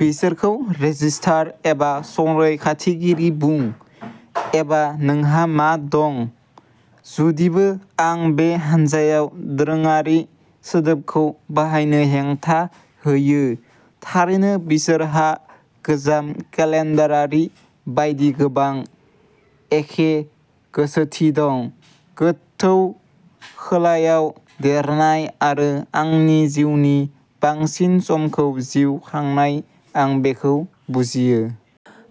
बिसोरखौ "रेजिस्टार" एबा "संरैखाथिगिरि" बुं एबा नोंहा मा दं जुदिबो आं बे हान्जायाव "दोरोङारि" सोदोबखौ बाहायनो हेंथा होयो। थारैनो बिसोरहा गोजाम केलेन्डारारिफोरनि बायदि गोबां एखे गोसोथि दं। गोथौ खोलायाव देरनाय आरो आंनि जिउनि बांसिन समखौ जिउ खांनाय आं बेखौ बुजियो।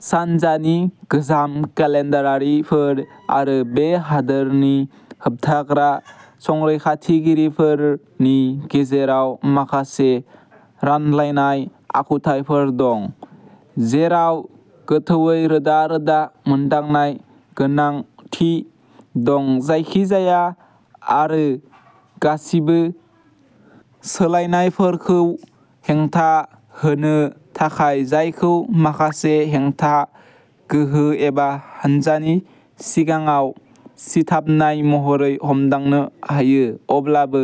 सानजानि गोजाम केलेन्डारारिफोर आरो बे हादोरनि होबथाग्रा संरैखाथिगिरिफोरनि गेजेराव माखासे रानलायनाय आखुथायफोर दं जेराव गोथौवै रोदा-रोदा मोनदांनाय-गोनांथि दं जायखिजाया आरो गासिबो सोलायनायफोरखौ हेंथा होनो थाखाय जायखौ माखासे हेंथा गोहो एबा हान्जानि सिगाङाव सिथाबनाय महरै हमदांनो हायो अब्लाबो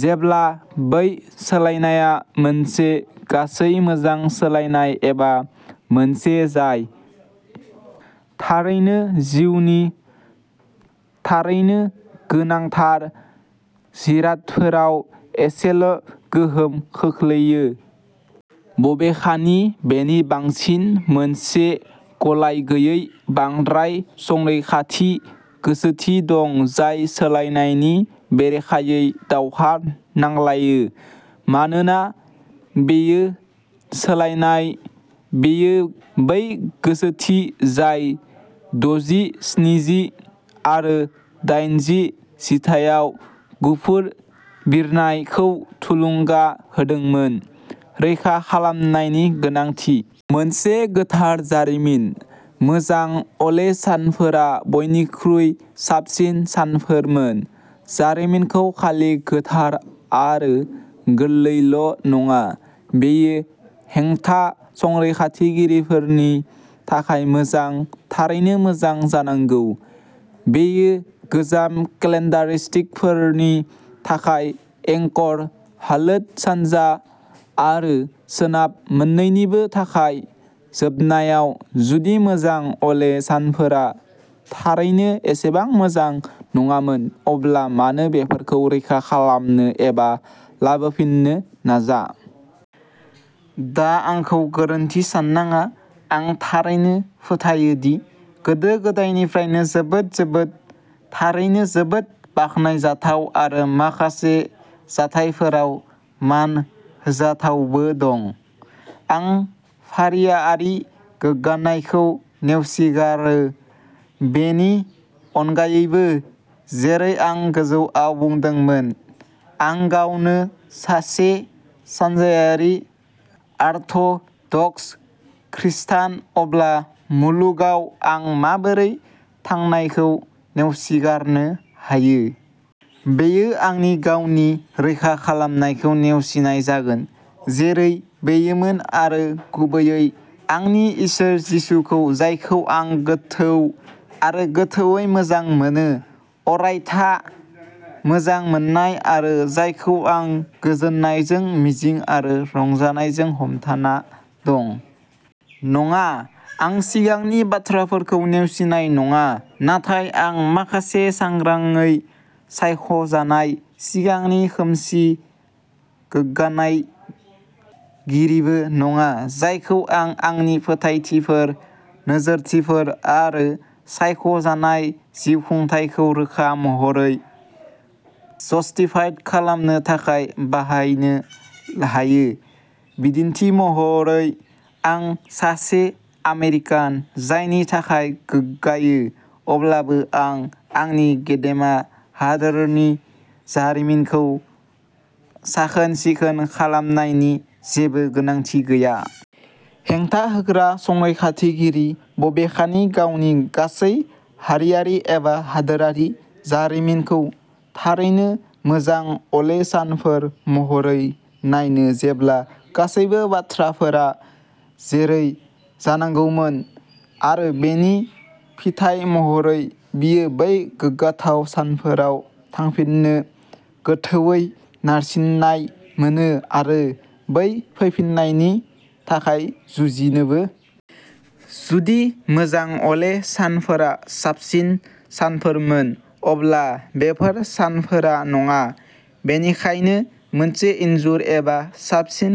जेब्ला बै सोलायनायआ मोनसे गासै मोजां सोलायनाय एबा मोनसे जाय थारैनो जिउनि थारैनो गोनांथार जिरादफोराव एसेल' गोहोम खोख्लैयो। बबेखानि बेनि बांसिन मोनसे गलायगैयै बांद्राय-संरैखाथि गोसोथि दं जाय सोलायनायनि बेरेखायै दावहा नांलायो मानोना बेयो सोलायनाय। बेयो बै गोसोथि जाय दजि, स्निजि आरो डाइनजि जिथाइयाव "गुफुर बिरनाय" खौ थुलुंगा होदोंमोन। रैखा खालामनायनि गोनांथि। मोनसे गोथार जारिमिन। मोजां अले सानफोरा बयनिख्रुइ साबसिन सानफोरमोन। जारिमिनखौ खालि गोथार आरो गोरलैल' नङा बेयो हेंथा-संरैखाथिगिरिफोरनि थाखाय मोजां थारैनो मोजां जानांगौ। बेयो गोजाम केलेन्डारिस्टफोरनि थाखाय एंकर-होल्ड सानजा आरो सोनाब मोन्नैनिबो थाखाय जोबनायाव जुदि मोजां अले सानफोरा थारैनो एसेबां मोजां नङामोन अब्ला मानो बेफोरखौ रैखा खालामनो एबा लाबोफिननो नाजा? दा आंखौ गोरोन्थि साननाङा। आं थारैनो फोथायो दि गोदो-गोदायनिफ्राय जोबोद जोबोद थारैनो जोबोद बाखनायजाथाव आरो माखासे जाथायफोराव मान होजाथावबो दं। आं फारिआरि गोग्गानायखौ नेवसिगारो बेनि अनगायैबो जेरै आं गोजौआव बुंदोंमोन आं गावनो सासे सानजायारि अर्थ'डक्स खृस्टान अब्ला मुलुगाव आं माबोरै थांनायखौ नेवसिगारनो हायो? बेयो आंनि गावनि रैखा खालामनायखौ नेवसिनाय जागोन जेरै बेयोमोन आरो गुबैयै आंनि इसोर जिसुखौ जायखौ आं गोथौ आरो गोथौवै मोजां मोनो। अरायथा मोजां मोननाय आरो जायखौ आं गोजोननायजों मिजिं आरो रंजानायजों हमथाना दं। नङा, आं सिगांनि बाथ्राफोरखौ नेवसिनाय नङा नाथाय आं माखासे सांग्राङै सायख'जानाय सिगांनि खोमसि गोग्गानायगिरिबो नङा जायखौ आं आंनि फोथायथिफोर नोजोरथिफोर आरो सायख' जानाय जिउखुंथायखौ रोखा महरै जस्टिफाइ खालामनो थाखाय बाहायनो हायो। बिदिन्थि महरै आं सासे आमेरिकान जानायनि थाखाय गोग्गायो अब्लाबो आं आंनि गेदेमा हादोरनि जारिमिनखौ "साखोन-सिखोन" खालामनायनि जेबो गोनांथि गैया। हेंथा होग्रा-संरैखाथिगिरि बबेखानि गावनि गासै हारियारि एबा हादोरारि जारिमिनखौ थारैनो "मोजां अ'ले सानफोर" महरै नायो जेब्ला गासैबो बाथ्राफोरा जेरै जानांगौमोन आरो बेनि फिथाइ महरै बियो बै गोग्गाथाव सानफोराव थांफिननो गोथौवै नारसिननाय मोनो आरो बै फैफिन्नायनि थाखाय जुजिनोबो। जुदि मोजां अले सानफोरा साबसिन सानफोरमोन अब्ला बेफोर सानफोरा नङा। बेनिखायनो मोनसे इनजुर एबा साबसिन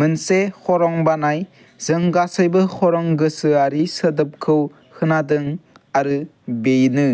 मोनसे खरं बानाय। जों गासैबो "खरं गोसोआरि" सोदोबखौ खोनादों आरो बेनो।